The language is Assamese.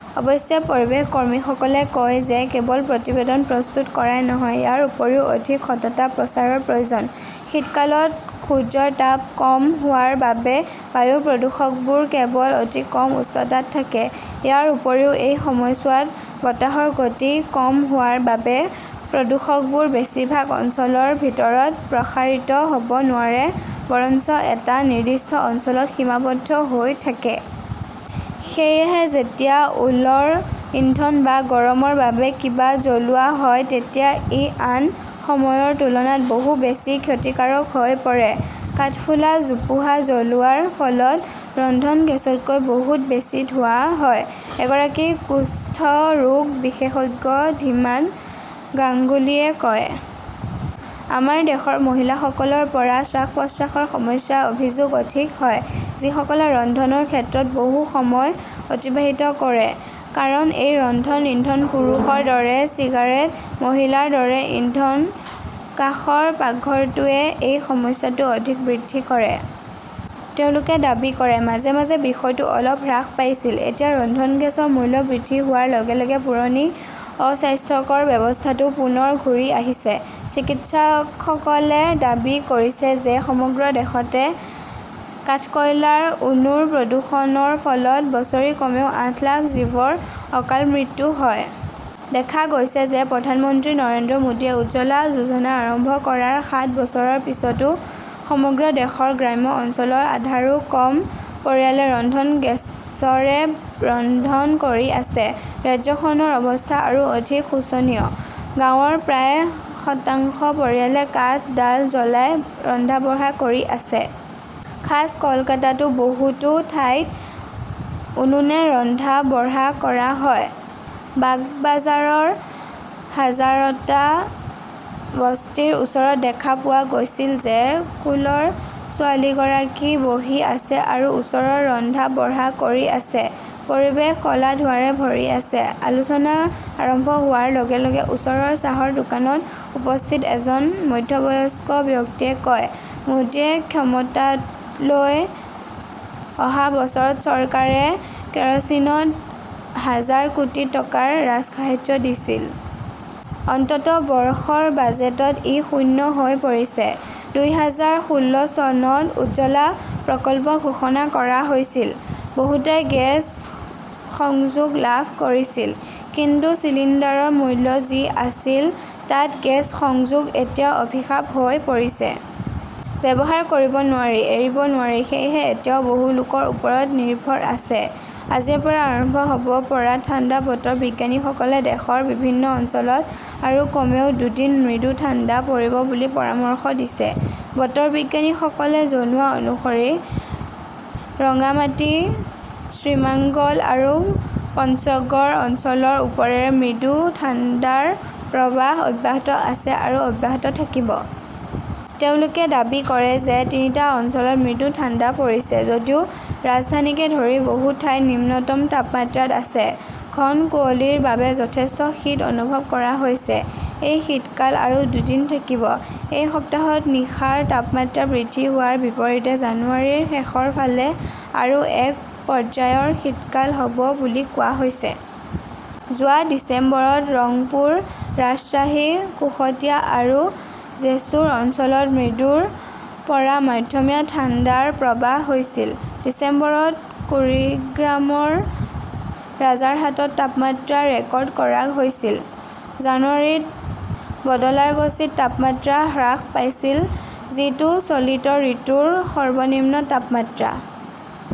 অৱশ্যে, পৰিৱেশ কৰ্মীসকলে কয় যে কেৱল প্ৰতিবেদন প্ৰস্তুত কৰাই নহয়, ইয়াৰ ওপৰত অধিক সততা প্ৰচাৰৰ প্ৰয়োজন। শীতকালত সূৰ্যৰ তাপ কম হোৱাৰ বাবে বায়ু প্ৰদূষকবোৰ কেৱল অতি কম উচ্চতাত থাকে। ইয়াৰ উপৰিও, এই সময়ছোৱাত বতাহৰ গতি কম হোৱাৰ বাবে, প্ৰদূষকবোৰ বেছিভাগ অঞ্চলৰ ভিতৰত প্ৰসাৰিত হ'ব নোৱাৰে বৰঞ্চ এটা নিৰ্দিষ্ট অঞ্চলত সীমাবদ্ধ হৈ থাকে। সেয়েহে যেতিয়া উলৰ ইন্ধন বা গৰমৰ বাবে কিবা জ্বলোৱা হয় তেতিয়া ই আন সময়ৰ তুলনাত বহু বেছি ক্ষতিকাৰক হৈ পৰে। কাঠফুলা, জোপোহা জ্বলোৱাৰ ফলত ৰন্ধন গেছতকৈ বহুত বেছি ধোঁৱা হয়, এগৰাকী কুষ্ঠ ৰোগ বিশেষজ্ঞ ধীমান গাংগুলীয়ে কয়। আমাৰ দেশৰ মহিলাসকলৰ পৰা শ্বাস-প্ৰশ্বাসৰ সমস্যাৰ অভিযোগ অধিক হয়, যিসকলে ৰন্ধন ক্ষেত্ৰত বহু সময় অতিবাহিত কৰে ।কাৰণ এই ৰন্ধন ইন্ধন পুৰুষৰ দৰে চিগাৰেট, মহিলাৰ দৰে ইন্ধন। কাষৰ পাকঘৰটোৱে এই সমস্যাটো অধিক বৃদ্ধি কৰে। তেওঁ দাবী কৰে, মাজে মাজে বিষয়টো অলপ হ্ৰাস পাইছিল। এতিয়া ৰন্ধন গেছৰ মূল্য বৃদ্ধি হোৱাৰ লগে লগে পুৰণি, অস্বাস্থ্যকৰ ব্যৱস্থাটো পুনৰ ঘূৰি আহিছে। চিকিৎসকসকলে দাবী কৰিছে যে, সমগ্ৰ দেশতে কাঠকয়লাৰ উনুৰ প্ৰদূষণৰ ফলত বছৰি কমেও আঠ লাখ জীৱৰ অকাল মৃত্যু হয়। দেখা গৈছে যে, প্ৰধানমন্ত্ৰী নৰেন্দ্ৰ মোদীয়ে উজ্জ্বলা যোজনা আৰম্ভ কৰাৰ সাত বছৰৰ পিছতো সমগ্ৰ দেশৰ গ্ৰাম্য অঞ্চলৰ আধাৰো কম পৰিয়ালে ৰন্ধন গেছৰে ৰন্ধন কৰি আছে। ৰাজ্যখনৰ অৱস্থা আৰু অধিক শোচনীয়। গাঁৱৰ প্ৰায় শতাংশ পৰিয়ালে কাঠ, ডাল জ্বলাই ৰন্ধা-বঢ়া কৰি আছে। খাছ কলকাতাতো বহুতো ঠাইত উনুনে ৰন্ধা-বঢ়া কৰা হয়। বাগবাজাৰৰ হাজাৰটা বস্তিৰ ওচৰত দেখা পোৱা গৈছিল যে,‌‌ কোলৰ ছোৱালীগৰাকী বহি আছে আৰু ওচৰৰ ৰন্ধা-বঢ়া কৰি আছে। পৰিৱেশ কলা ধোঁৱাৰে ভৰি আছে। আলোচনা আৰম্ভ হোৱাৰ লগে লগে ওচৰৰ চাহৰ দোকানত উপস্থিত এজন মধ্যবয়স্ক ব্যক্তিয়ে কয়, "মোদীয়ে ক্ষমতালৈ অহা বছৰত চৰকাৰে কেৰচিনত হাজাৰ কোটি টকাৰ ৰাজসাহায্য দিছিল। অন্ততঃ -' বৰ্ষৰ বাজেটত ই শূন্য হৈ পৰিছে। দুই হাজাৰ ষোল্ল চনত উজ্জ্বলা প্ৰকল্প ঘোষণা কৰা হৈছিল। বহুতে গেছ সংযোগ লাভ কৰিছিল। কিন্তু চিলিণ্ডাৰৰ মূল্য যি আছিল, তাত গেছ সংযোগ এতিয়া অভিশাপ হৈ পৰিছে। ব্যৱহাৰ কৰিব নোৱাৰি, এৰিব নোৱাৰি! সেয়েহে এতিয়াও বহু লোকৰ ওপৰত নিৰ্ভৰ আছে। আজিৰ পৰা আৰম্ভ হ'ব পৰা ঠাণ্ডা বতৰ বিজ্ঞানীসকলে দেশৰ বিভিন্ন অঞ্চলত আৰু কমেও দুদিন মৃদু ঠাণ্ডা পৰিব বুলি পৰামৰ্শ দিছে। বতৰ বিজ্ঞানীসকলে জনোৱা অনুসৰি ৰংগামাটি, শ্ৰীমান্গল আৰু পঞ্চগড় অঞ্চলৰ ওপৰেৰে মৃদু ঠাণ্ডাৰ প্ৰৱাহ অব্যাহত আছে আৰু অব্যাহত থাকিব। তেওঁলোকে দাবী কৰে যে তিনিটা অঞ্চলত মৃদু ঠাণ্ডা পৰিছে। যদিও ৰাজধানীকে ধৰি বহু ঠাইত নিম্নতম তাপমাত্ৰা আছে, ঘন কুঁৱলীৰ বাবে যথেষ্ট শীত অনুভৱ কৰা হৈছে। এই শীতকাল আৰু দুদিন থাকিব। এই সপ্তাহত নিশাৰ তাপমাত্ৰা বৃদ্ধি হোৱাৰ বিপৰীতে জানুৱাৰীৰ শেষৰ ফালে আৰু এক পৰ্যায়ৰ শীতকাল হ'ব বুলি কোৱা হৈছে। যোৱা ডিচেম্বৰত ৰাংপুৰ, ৰাজশ্বাহী, কুশটিয়া আৰু জেছোৰ অঞ্চলত মৃদুৰ পৰা মধ্যমীয়া ঠাণ্ডাৰ প্ৰৱাহ হৈছিল। ডিচেম্বৰত কুৰিগ্ৰামৰ ৰাজাৰহাটত তাপমাত্ৰা ৰেকৰ্ড কৰা হৈছিল। জানুৱাৰীত বদলাৰগাচীত তাপমাত্ৰা হ্ৰাস পাইছিল, যিটো চলিত ঋতুৰ সৰ্বনিম্ন তাপমাত্ৰা।